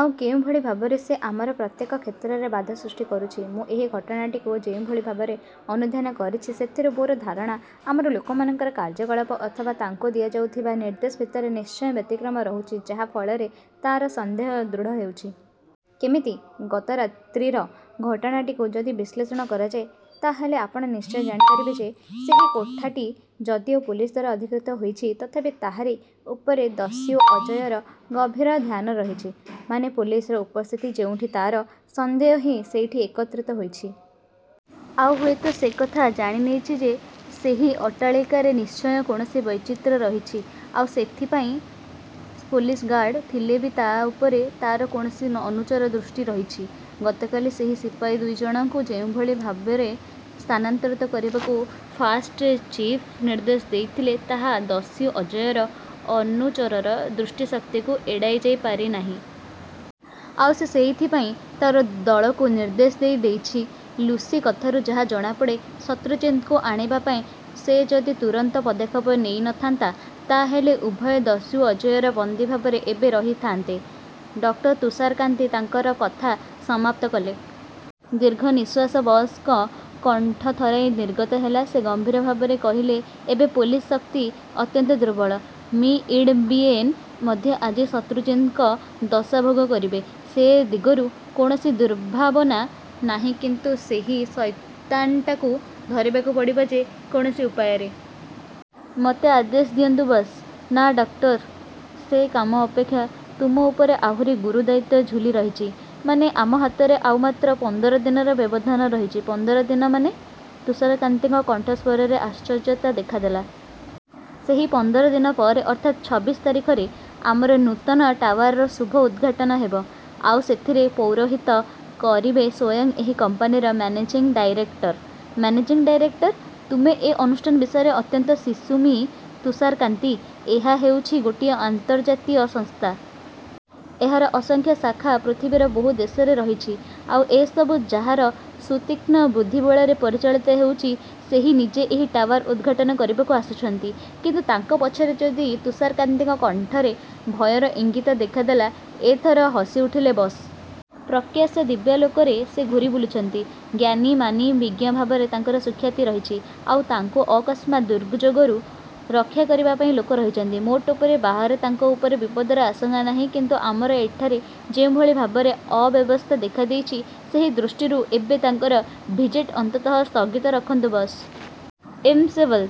ଆଉ କେଉଁଭଳି ଭାବରେ ସେ ଆମର ପ୍ରତ୍ୟେକ କ୍ଷେତ୍ରରେ ବାଧା ସୃଷ୍ଟି କରୁଛି। ମୁଁ ଏହି ଘଟଣାଟିକୁ ଯେଉଁଭଳି ଭାବରେ ଅନୁଧ୍ୟାନ କରିଛି ସେଥିରୁ ମୋର ଧାରଣା ଆମର ଲୋକମାନଙ୍କର କାର୍ଯ୍ୟକଳାପ ଅଥବା ତାଙ୍କୁ ଦିଆଯାଉଥିବା ନିର୍ଦ୍ଦେଶ ଭିତରେ ନିଶ୍ଚୟ ବ୍ୟତିକ୍ରମ ରହୁଛି ଯାହା ଫଳରେ ତା’ର ସନ୍ଦେହ ଦୃଢ଼ ହେଉଛି। କେମିତି? ଗତରାତ୍ରିର ଘଟଣାଟିକୁ ଯଦି ବିଶ୍ଳେଷଣ କରାଯାଏ ତା’ ହେଲେ ଆପଣ ନିଶ୍ଚୟ ଜାଣିପାରିବେ ଯେ ସେହି କୋଠାଟି ଯଦିଓ ପୋଲିସ ଦ୍ୱାରା ଅଧିକୃତ ହୋଇଛି ତଥାପି ତାହାରି ଉପରେ ଦସ୍ୟୁ ଅଜୟର ଗଭୀର ଧ୍ୟାନ ରହିଛି। ମାନେ ପୋଲିସର ଉପସ୍ଥିତି ଯେଉଁଠି ତା’ର ସନ୍ଦେହ ହିଁ ସେଇଠି ଏକତ୍ରିତ ହୋଇଛି। ଆଉ ହୁଏତ ସେ କଥା ଜାଣିନେଇଛି ଯେ ସେହି ଅଟ୍ଟାଳିକାରେ ନିଶ୍ଚୟ କୌଣସି ବୈଚିତ୍ର୍ୟ ରହିଛି। ଆଉ ସେଇଥିପାଇଁ ପୋଲିସ ଗାର୍ଡ ଥିଲେ ବି ତା’ ଉପରେ ତା’ର କୌଣସି ଅନୁଚର ଦୃଷ୍ଟି ରଖିଛି। ଗତକାଲି ସେହି ସିପାହୀ ଦୁଇ ଜଣଙ୍କୁ ଯେଉଁଭଳି ଭାବରେ ସ୍ଥାନାନ୍ତରିତ କରିବାକୁ ଫାଷ୍ଟ ଚିଫ୍ ନିର୍ଦ୍ଦେଶ ଦେଇଥିଲେ ତାହା ଦସ୍ୟୁ ଅଜୟର ଅନୁଚରର ଦୃଷ୍ଟିଶକ୍ତିକୁ ଏଡ଼ାଇ ଯାଇ ପାରି ନାହିଁ। ଆଉ ସେ ସେଇଥିପାଇଁ ତା’ର ଦଳକୁ ନିର୍ଦ୍ଦେଶ ଦେଇ ଦେଇଛି। ଲୁସି କଥାରୁ ଯାହା ଜଣାପଡ଼େ ଶତ୍ରୁଜିତ୍‌ଙ୍କୁ ଆଣିବା ପାଇଁ ସେ ଯଦି ତୁରନ୍ତ ପଦକ୍ଷେପ ନେଇ ନ ଥାନ୍ତା ତା’ ହେଲେ ଉଭୟେ ଦସ୍ୟୁ ଅଜୟର ବନ୍ଦୀ ଭାବରେ ଏବେ ରହିଥାଆନ୍ତେ। ଡକ୍ଟର ତୁଷାରକାନ୍ତି ତାଙ୍କର କଥା ସମାପ୍ତ କଲେ। ଦୀର୍ଘନିଶ୍ୱାସ ବସ୍‌ଙ୍କ କଣ୍ଠ ଥରାଇ ନିର୍ଗତ ହେଲା। ସେ ଗମ୍ବୀର ଭାବରେ କହିଲେ ଏବେ ପୋଲିସ ଶକ୍ତି ଅତ୍ୟନ୍ତ ଦୁର୍ବଳ। ମି ଇଡମ୍ବିଏନ୍ ମଧ୍ୟ ଆଜି ଶତ୍ରୁଜିତ୍‌ଙ୍କ ଦଶା ଭୋଗ କରିବେ। ସେ ଦିଗରୁ କୌଣସି ଦୁର୍ଭାବନା ନାହିଁ କିନ୍ତୁ ସେହି ସୈତାନଟାକୁ ଧରିବାକୁ ପଡ଼ିବ ଯେ କୌଣସି ଉପାୟରେ। ମୋତେ ଆଦେଶ ଦିଅନ୍ତୁ ବସ୍। ନାଃ ଡକ୍ଟର। ସେ କାମ ଅପେକ୍ଷା ତୁମ ଉପରେ ଆହୁରି ଗୁରୁ ଦାୟିତ୍ୱ ଝୁଲି ରହିଛି। ମାନେ ଆମ ହାତରେ ଆଉ ମାତ୍ର ପନ୍ଦର ଦିନର ବ୍ୟବଧାନ ରହିଛି। ପନ୍ଦର ଦିନ ମାନେ? ତୁଷାରକାନ୍ତିଙ୍କ କଣ୍ଠସ୍ୱରରେ ଆଶ୍ଚର୍ଯ୍ୟତା ଦେଖା ଦେଲା। ସେହି ପନ୍ଦର ଦିନ ପରେ ଅର୍ଥାତ୍ ଛବିଶ ତାରିଖରେ ଆମର ନୂତନ ଟାୱାରର ଶୁଭ ଉଦ୍‌ଘାଟନ ହେବ। ଆଉ ସେଥିରେ ପୌରୋହିତ କରିବେ ସ୍ୱୟଂ ଏହି କମ୍ପାନୀର ମ୍ୟାନେଜିଂ ଡାଇରେକ୍ଟର। Managing director! ତୁମେ ଏ ଅନୁଷ୍ଠାନ ବିଷୟରେ ଅତ୍ୟନ୍ତ ଶିଶୁ ମି ତୁଷାରକାନ୍ତି। ଏହା ହେଉଛି ଗୋଟିଏ ଆନ୍ତର୍ଜାତୀୟ ସଂସ୍ଥା। ଏହାର ଅସଂଖ୍ୟ ଶାଖା ପୃଥିବୀର ବହୁ ଦେଶରେ ରହିଛି। ଆଉ ଏ ସବୁ ଯାହାର ସୁତୀକ୍ଷ୍ଣ ବୁଦ୍ଧିବଳରେ ପରିଚାଳିତ ହେଉଛି ସେହି ନିଜେ ଏହି ଟାୱାର୍ ଉଦ୍‌ଘାଟନ କରିବାକୁ ଆସୁଛନ୍ତି। କିନ୍ତୁ ତାଙ୍କ ପଛରେ ଯଦି ତୁଷାରକାନ୍ତିଙ୍କ କଣ୍ଠରେ ଭୟର ଇଙ୍ଗିତ ଦେଖା ଦେଲା। ଏ ଥର ହସିଉଠିଲେ ବସ୍। ପ୍ରକାଶ୍ୟ ଦିବାଲୋକରେ ସେ ଘୂରି ବୁଲୁଛନ୍ତି। ଜ୍ଞାନୀ ମାନୀ ବିଜ୍ଞ ଭାବରେ ତାଙ୍କର ସୁଖ୍ୟାତି ରହିଛି। ଆଉ ତାଙ୍କୁ ଅକସ୍ମାତ୍ ଦୁର୍ଯୋଗରୁ ରକ୍ଷା କରିବା ପାଇଁ ଲୋକ ରହିଛନ୍ତି। ମୋଟ ଉପରେ ବାହାରେ ତାଙ୍କ ଉପରେ ବିପଦର ଆଶଙ୍କା ନାହିଁ କିନ୍ତୁ ଆମର ଏଠାରେ ଯେଉଁଭଳି ଭାବରେ ଅବ୍ୟବସ୍ଥା ଦେଖା ଦେଇଛି ସେହି ଦୃଷ୍ଟିରୁ ଏବେ ତାଙ୍କର ଭିଜିଟ୍ ଅନ୍ତତଃ ସ୍ଥଗିତ ରଖନ୍ତୁ ବସ୍। ଇମ୍ପସିବଲ୍।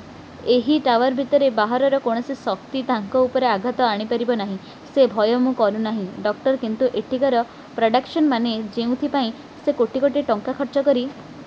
ଏହି ଟାୱାର୍ ଭିତରେ ବାହାରର କୌଣସି ଶକ୍ତି ତାଙ୍କ ଉପରେ ଆଘାତ ଆଣିପାରିବ ନାହିଁ। ସେ ଭୟ ମୁଁ କରୁ ନାହିଁ ଡକ୍ଟର କିନ୍ତୁ ଏଠିକାର ପ୍ରଡକ୍ସନ୍ ମାନେ ଯେଉଁଥିପାଇଁ ସେ କୋଟି କୋଟି ଟଙ୍କା ଖର୍ଚ୍ଚ କରି